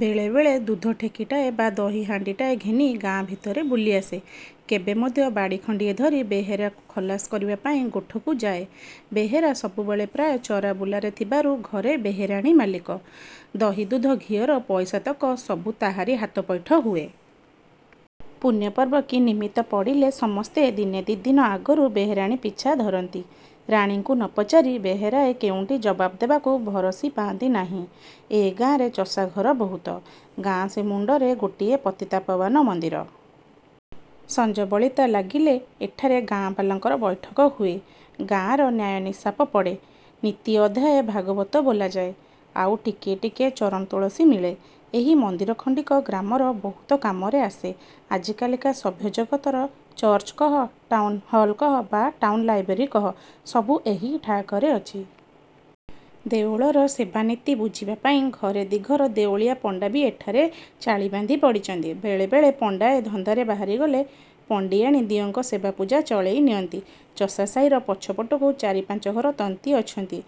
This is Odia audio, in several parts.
ବେଳେ ବେଳେ ଦୁଧ ଠେକିଟାଏ ବା ଦହି ହାଣ୍ତିଟାଏ ଘେନି ଗାଁ ଭିତରେ ବୁଲି ଆସେ। କେବେ ମଧ୍ୟ ବାଡ଼ି ଖଣ୍ତିଏ ଧରି ବେହେରାକୁ ଖଲାସ କରିବାପାଇଁ ଗୋଠକୁ ଯାଏ। ବେହେରା ସବୁବେଳେ ପ୍ରାୟ ଚରା ବୁଲାରେ ଥିବାରୁ ଘରେ ବେହେରାଣୀ ମାଲିକ। ଦହି ଦୁଧ ଘିଅର ପଇସାତକ ସବୁ ତାହାରି ହାତପୈଠ ହୁଏ। ପୁଣ୍ୟ ପର୍ବ କି ନିମିତ୍ତ ପଡ଼ିଲେ ସମସ୍ତେ ଦିନେ ଦି' ଦିନ ଆଗରୁ ବେହେରାଣୀ ପିଛା ଧରନ୍ତି। ରାଣୀଙ୍କୁ ନ ପଚାରି ବେହେରାଏ କେଉଁଠି ଜବାବ ଦେବାକୁ ଭରସି ପାରନ୍ତି ନାହିଁ। ଏ ଗାଁଟାରେ ଚଷା ଘର ବହୁତ। ଗାଁ ସେମୁଣ୍ତରେ ଗୋଟିଏ ପତିତପାବନ ମନ୍ଦିର। ସଞ୍ଜବଳିତା ଲାଗିଲେ ଏଠାରେ ଗାଁବାଲାଙ୍କର ବୈଠକ ହୁଏ। ଗାଁର ନ୍ୟାୟ ନିଶାପ ପଡ଼େ। ନିତି ଅଧ୍ୟାୟେ ଭାଗବତ ବୋଲାଯାଏ, ଆଉ ଟିକିଏ ଟିକିଏ ଚରଣ-ତୁଳସୀ ମିଳେ। ଏହି ମନ୍ଦିର ଖଣ୍ତିକ ଗ୍ରାମର ବହୁତ କାମରେ ଆସେ। ଆଜିକାଲିକା ସଭ୍ୟ ଜଗତର ଚର୍ଚ୍ଚ କହ ଟାଉନ୍ହଲ୍ କହ ବା ଟାଉନ୍ଲାଇବ୍ରେରୀ କହ, ସବୁ ଏହି ଠାଆକରେ ଅଛି। ଦେଉଳର ସେବା ନିତି ବୁଝିବାପାଇଁ ଘରେ ଦି'ଘର ଦେଉଳିଆ ପଣ୍ତା ବି ଏଠାରେ ଚାଳି ବାନ୍ଧି ପଡ଼ିଛନ୍ତି। ବେଳେ ବେଳେ ପଣ୍ତାଏ ଧନ୍ଦାରେ ବାହାରିଗଲେ ପଣ୍ତିଆଣୀ ଦିଅଁଙ୍କ ସେବା ପୂଜା ଚଳାଇ ନିଅନ୍ତି। ଚଷା ସାହିର ପଛପଟକୁ ଚାରି ପାଞ୍ଚ ଘର ତନ୍ତୀ ଅଛନ୍ତି।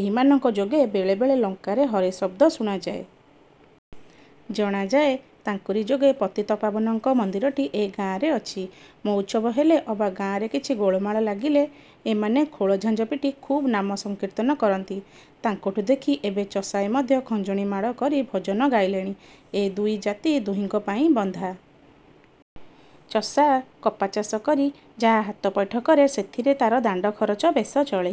ଏହିମାନଙ୍କ ଯୋଗେ ବେଳେ ବେଳେ ଲଙ୍କାରେ ହରି ଶବ୍ଦ ଶୁଣାଯାଏ। ଜଣାଯାଏ, ତାଙ୍କରି ଯୋଗେ ପତିତପାବନଙ୍କ ମନ୍ଦିରଟି ଏ ଗାଁରେ ଅଛି। ମଉଛବ ହେଲେ ଅବା ଗାଁରେ କିଛି ଗୋଳମାଳ ଲାଗିଲେ ଏମାନେ ଖୋଳ ଝାଞ୍ଜ ପିଟି ଖୁବ ନାମ ସଂକୀର୍ତ୍ତନ କରନ୍ତି। ତାଙ୍କଠୁଁ ଦେଖି ଏବେ ଚଷାଏ ମଧ୍ୟ ଖଞ୍ଜଣିମାଡ଼ କରି ଭଜନ ଗାଇଲେଣି। ଏ ଦୁଇ ଜାତି ଦୁହିଙ୍କ ପାଇଁ ବନ୍ଧା। ଚଷା କପା ଚାଷ କରି ଯାହା ହାତପୈଠ କରେ, ସେଥିରେ ତାର ଦାଣ୍ତ ଖରଚ ବେଶ ଚଳେ।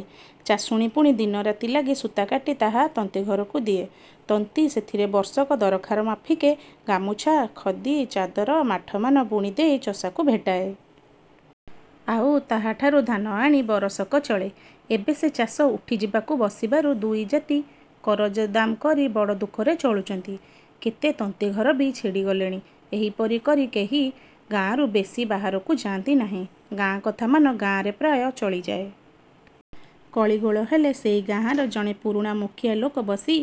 ଚାଷୁଣୀ ପୁଣି ଦିନ ରାତି ଲାଗି ସୂତା କାଟି ତାହା ତନ୍ତୀ ଘରକୁ ଦିଏ। ତନ୍ତୀ ସେଥିରେ ବର୍ଷକ ଦରକାରମାଫିକେ ଗାମୁଛା, ଖଦି, ଚାଦର, ମାଠମାନ ବୁଣିଦେଇ ଚଷାକୁ ଭେଟାଏ। ଆଉ ତାହାଠାରୁ ଧାନ ଆଣି ବରଷକ ଚଳେ। ଏବେ ସେ ଚାଷ ଉଠିଯିବାକୁ ବସିବାରୁ ଦୁଇ ଜାତି କରଜଦାମ କରି ବଡ଼ ଦୁଃଖରେ ଚଳୁଛନ୍ତି। କେତେ ତନ୍ତିଘର ବି ଛିଡ଼ି ଗଲେଣି। ଏହିପରି କରି କେହି ଗାଁରୁ ବେଶି ବାହାରକୁ ଯାନ୍ତି ନାହିଁ। ଗାଁକଥାମାନ ଗାଁରେ ପ୍ରାୟ ଚଳିଯାଏ। କଳିଗୋଳ ହେଲେ ସେହି ଗାଁର ଜଣେ ପୁରୁଣା ମୁଖିଆ ଲୋକ ବସି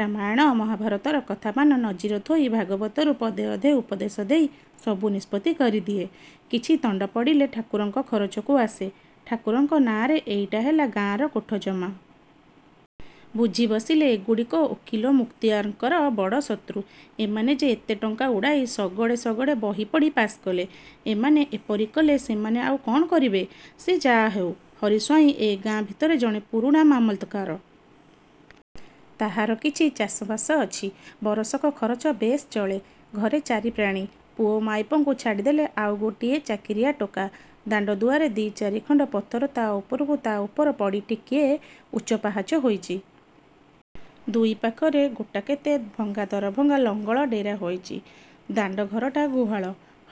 ରାମାୟଣ ମହାଭାରତର କଥାମାନ ନଜୀର ଥୋଇ ଭାଗବତରୁ ପଦେ ଅଧେ ଉପଦେଶ ଦେଇ ସବୁ ନିଷ୍ପତ୍ତି କରିଦିଏ। କିଛି ତଣ୍ତ ପଡ଼ିଲେ ଠାକୁରଙ୍କ ଖରଚକୁ ଆସେ। ଠାକୁରଙ୍କ ନାଁରେ ଏଇଟା ହେଲା ଗାଁର କୋଠ ଜମା। ବୁଝି ବସିଲେ ଏଗୁଡ଼ିକ ଓକିଲ ମୁକ୍ତିଆରଙ୍କର ବଡ଼ ଶତ୍ରୁ। ସେମାନେ ଯେ ଏତେ ଟଙ୍କା ଉଡ଼ାଇ ଶଗଡ଼େ ଶଗଡ଼େ ବହି ପଢ଼ି ପାସ୍କଲେ, ଏମାନେ ଏପରି କଲେ ସେମାନେ ଆଉ କଣ କରିବେ! ସେ ଯାହାହେଉ ହରି ସ୍ୱାଇଁ ଏ ଗାଁ ଭିତରେ ଜଣେ ପୁରୁଣା ମାମଲତ୍କାର। ତାହାର କିଛି ଚାଷ ବାସ ଅଛି। ବରଷକ ଖରଚ ବେଶ୍ ଚଳେ। ଘରେ ଚାରି ପ୍ରାଣୀ। ପୁଅ ମାଇପଙ୍କୁ ଛାଡ଼ିଦେଲେ ଆଉ ଗୋଟିଏ ଚାକିରିଆ ଟୋକା। ଦାଣ୍ତ ଦୁଆରେ ଦି'ଚାରି ଖଣ୍ତ ପଥର ତା ଉପରକୁ ତା ଉପର ପଡ଼ି ଟିକିଏ ଉଚ୍ଚ ପାହାଚ ହୋଇଛି। ଦୁଇ ପାଖରେ ଗୋଟାକେତେ ଭଙ୍ଗା ଦରଭଙ୍ଗା ଲଙ୍ଗଳ ଡେରା ହୋଇଛି। ଦାଣ୍ତ ଘରଟା ଗୁହାଳ।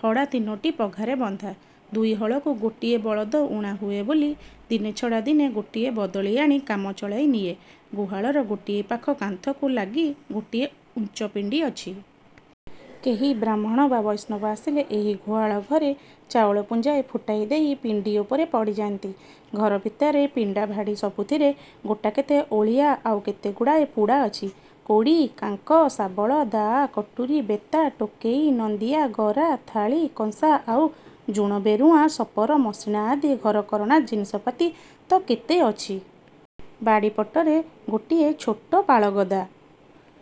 ହଡ଼ା ତିନୋଟି ପଘାରେ ବନ୍ଧା। ଦୁଇ ହଳକୁ ଗୋଟାଏ ବଳଦ ଊଣା ହୁଏ ବୋଲି ଦିନେ ଛଡ଼ା ଦିନେ ଗୋଟିଏ ବଦଳି ଆଣି କାମ ଚଳାଇନିଏ। ଗୁହାଳର ଗୋଟିଏ ପାଖ କାନ୍ଥକୁ ଲାଗି ଗୋଟିଏ ଉଞ୍ଚ ପିଣ୍ତୀ ଅଛି। କେହି ବ୍ରାହ୍ମଣ ବା ବୈଷ୍ଣବ ଆସିଲେ ଏହି ଗୁହାଳ ଘରେ ଚାଉଳ ପୁଞ୍ଜାଏ ଫୁଟାଇ ଦେଇ। ପିଣ୍ତୀ ଉପରେ ପଡ଼ିଯାନ୍ତି। ଘର ଭିତରେ ପିଣ୍ତା ଭାଡ଼ି ସବୁଥିରେ ଗୋଟାକେତେ ଓଳିଆ ଆଉ କେତେଗୁଡ଼ିଏ ପୁଡ଼ା ଅଛି। କୋଡ଼ି, କାଙ୍କ, ଶାବଳ, ଦା, କଟୁରୀ, ବେତା, ଟୋକେଇ, ନନ୍ଦିଆ, ଗରା, ଥାଳି, କଂସା ଆଉ ଜୁଣ-ବେରୁଁଆ, ଶପର ମସିଣା ଆଦି ଘରକରଣା ଜିନିଷପାତି ତ କେତେ ଅଛି। ବାଡ଼ିପଟରେ ଗୋଟିଏ ଛୋଟ ପାଳଗଦା।